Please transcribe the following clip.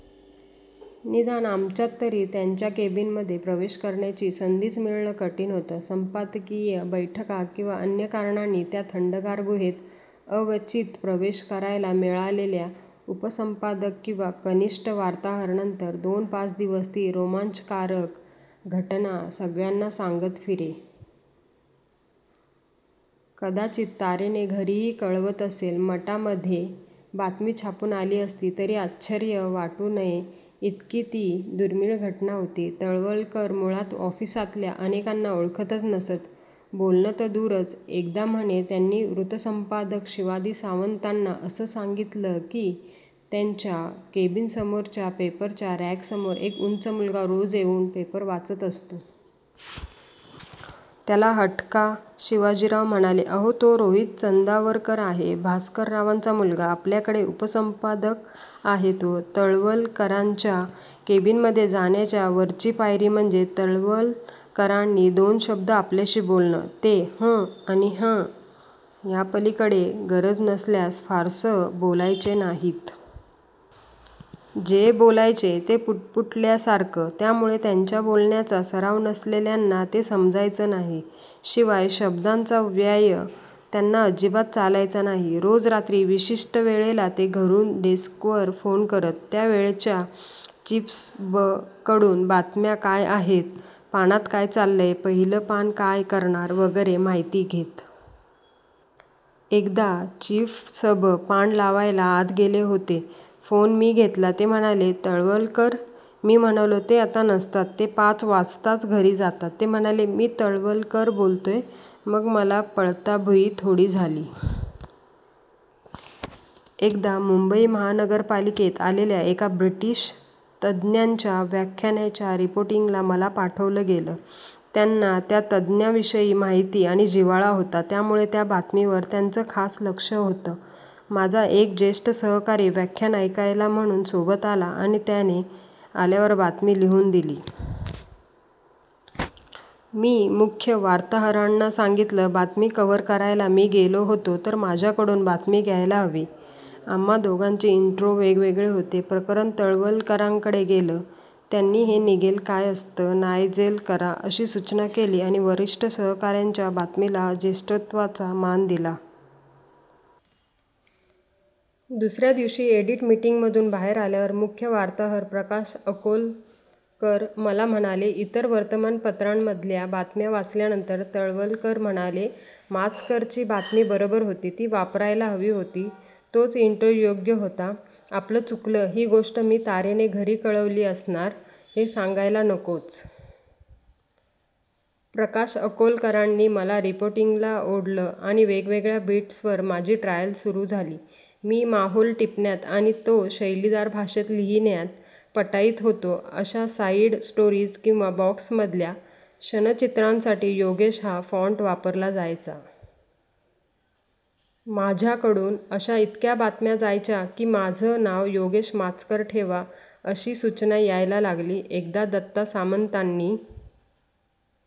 निदान आमच्यात तरी. त्यांच्या केबिनमध्ये प्रवेश करण्याची संधीच मिळणं कठीण होतं. संपादकीय बैठका किंवा अन्य कारणांनी त्या थंडगार गुहेत अवचित प्रवेश करायला मिळालेला उपसंपादक किंवा कनिष्ठ वार्ताहर नंतर दोन-पाच दिवस ती रोमांचकारक घटना सगळ्यांना सांगत फिरे. कदाचित तारेने घरीही कळवत असेल. मटामध्ये बातमी छापून आली असती, तरी आश्चर्य वाटू नये, इतकी ती दुर्मीळ घटना होती. तळवलकर मुळात ऑफिसातल्या अनेकांना ओळखतच नसत. बोलणं तर दूरच. एकदा म्हणे त्यांनी वृत्तसंपादक शिवाजी सावंतांना असं सांगितलं की, त्यांच्या केबिनसमोरच्या पेपरच्या रॅकसमोर एक उंच मुलगा रोज येऊन पेपर वाचत असतो. त्याला हटका. शिवाजीराव म्हणाले, अहो, तो रोहित चंदावरकर आहे, भास्कररावांचा मुलगा. आपल्याकडे उपसंपादक आहे तो. तळवलकरांच्या केबिनमध्ये जाण्याच्या वरची पायरी म्हणजे तळवलकरांनी दोन शब्द आपल्याशी बोलणं. ते हं आणि हँ याच्यापलीकडे गरज नसल्यास फारसं बोलायचे नाहीत. जे बोलायचे, ते पुटपुटल्यासारखं. त्यामुळे त्यांच्या बोलण्याचा सराव नसलेल्यांना ते समजायचं नाही. शिवाय शब्दांचा व्यय त्यांना अजिबात चालायचा नाही. रोज रात्री विशिष्ट वेळेला ते घरून डेस्कवर फोन करत. त्या वेळच्या चीफसबकडून बातम्या काय आहेत, पानात काय चाललंय, पहिलं पान काय करणार वगैरे माहिती घेत. एकदा चीफसब पान लावायला आत गेले होते. फोन मी घेतला. ते म्हणाले, तळवलकर. मी म्हणालो, ते आता नसतात. ते पाच वाजताच घरी जातात. ते म्हणाले, मी तळवलकर बोलतोय. मग मला पळता भुई थोडी झाली! एकदा मुंबई महानगरपालिकेत आलेल्या एका ब्रिटिश तज्ज्ञाच्या व्याख्यानाच्या रिपोर्टिंगला मला पाठवलं गेलं. त्यांना त्या तज्ज्ञाविषयी माहिती आणि जिव्हाळा होता. त्यामुळे त्या बातमीवर त्यांचं खास लक्ष होतं. माझा एक ज्येष्ठ सहकारी व्याख्यान ऐकायला म्हणून सोबत आला आणि त्याने आल्यावर बातमी लिहून दिली. मी मुख्य वार्ताहरांना सांगितलं, बातमी कव्हर करायला मी गेलो होतो, तर माझ्याकडून बातमी घ्यायला हवी. आम्हा दोघांचे इन्ट्रो वेगवेगळे होते. प्रकरण तळवलकरांकडे गेलं. त्यांनी हे निगेल काय असतं, नायजेल करा अशी सूचना केली आणि वरिष्ठ सहकाऱ्याच्या बातमीला ज्येष्ठत्वाचा मान दिला. दुसऱ्या दिवशी एडिट मीटिंगमधून बाहेर आल्यावर मुख्य वार्ताहर प्रकाश अकोलकर मला म्हणाले, इतर वर्तमानपत्रांमधल्या बातम्या वाचल्यानंतर तळवलकर म्हणाले, माचकरची बातमी बरोबर होती. ती वापरायला हवी होती. तोच इन्ट्रो योग्य होता. आपलं चुकलं. ही गोष्ट मी तारेने घरी कळवली असणार, हे सांगायला नकोच. प्रकाश अकोलकरांनी मला रिपोर्टिंगला ओढलं आणि वेगवेगळ्या बीट्सवर माझी ट्रायल सुरू झाली. मी माहौल टिपण्यात आणि तो शैलीदार भाषेत लिहिण्यात पटाईत होतो. अशा साइड स्टोरीज किंवा बॉक्समधल्या क्षणचित्रांसाठी योगेश हा फॉन्ट वापरला जायचा. माझ्याकडून अशा इतक्या बातम्या जायच्या की, माझं नाव योगेश माचकर ठेवा, अशी सूचना यायला लागली. एकदा दत्ता सामंतांनी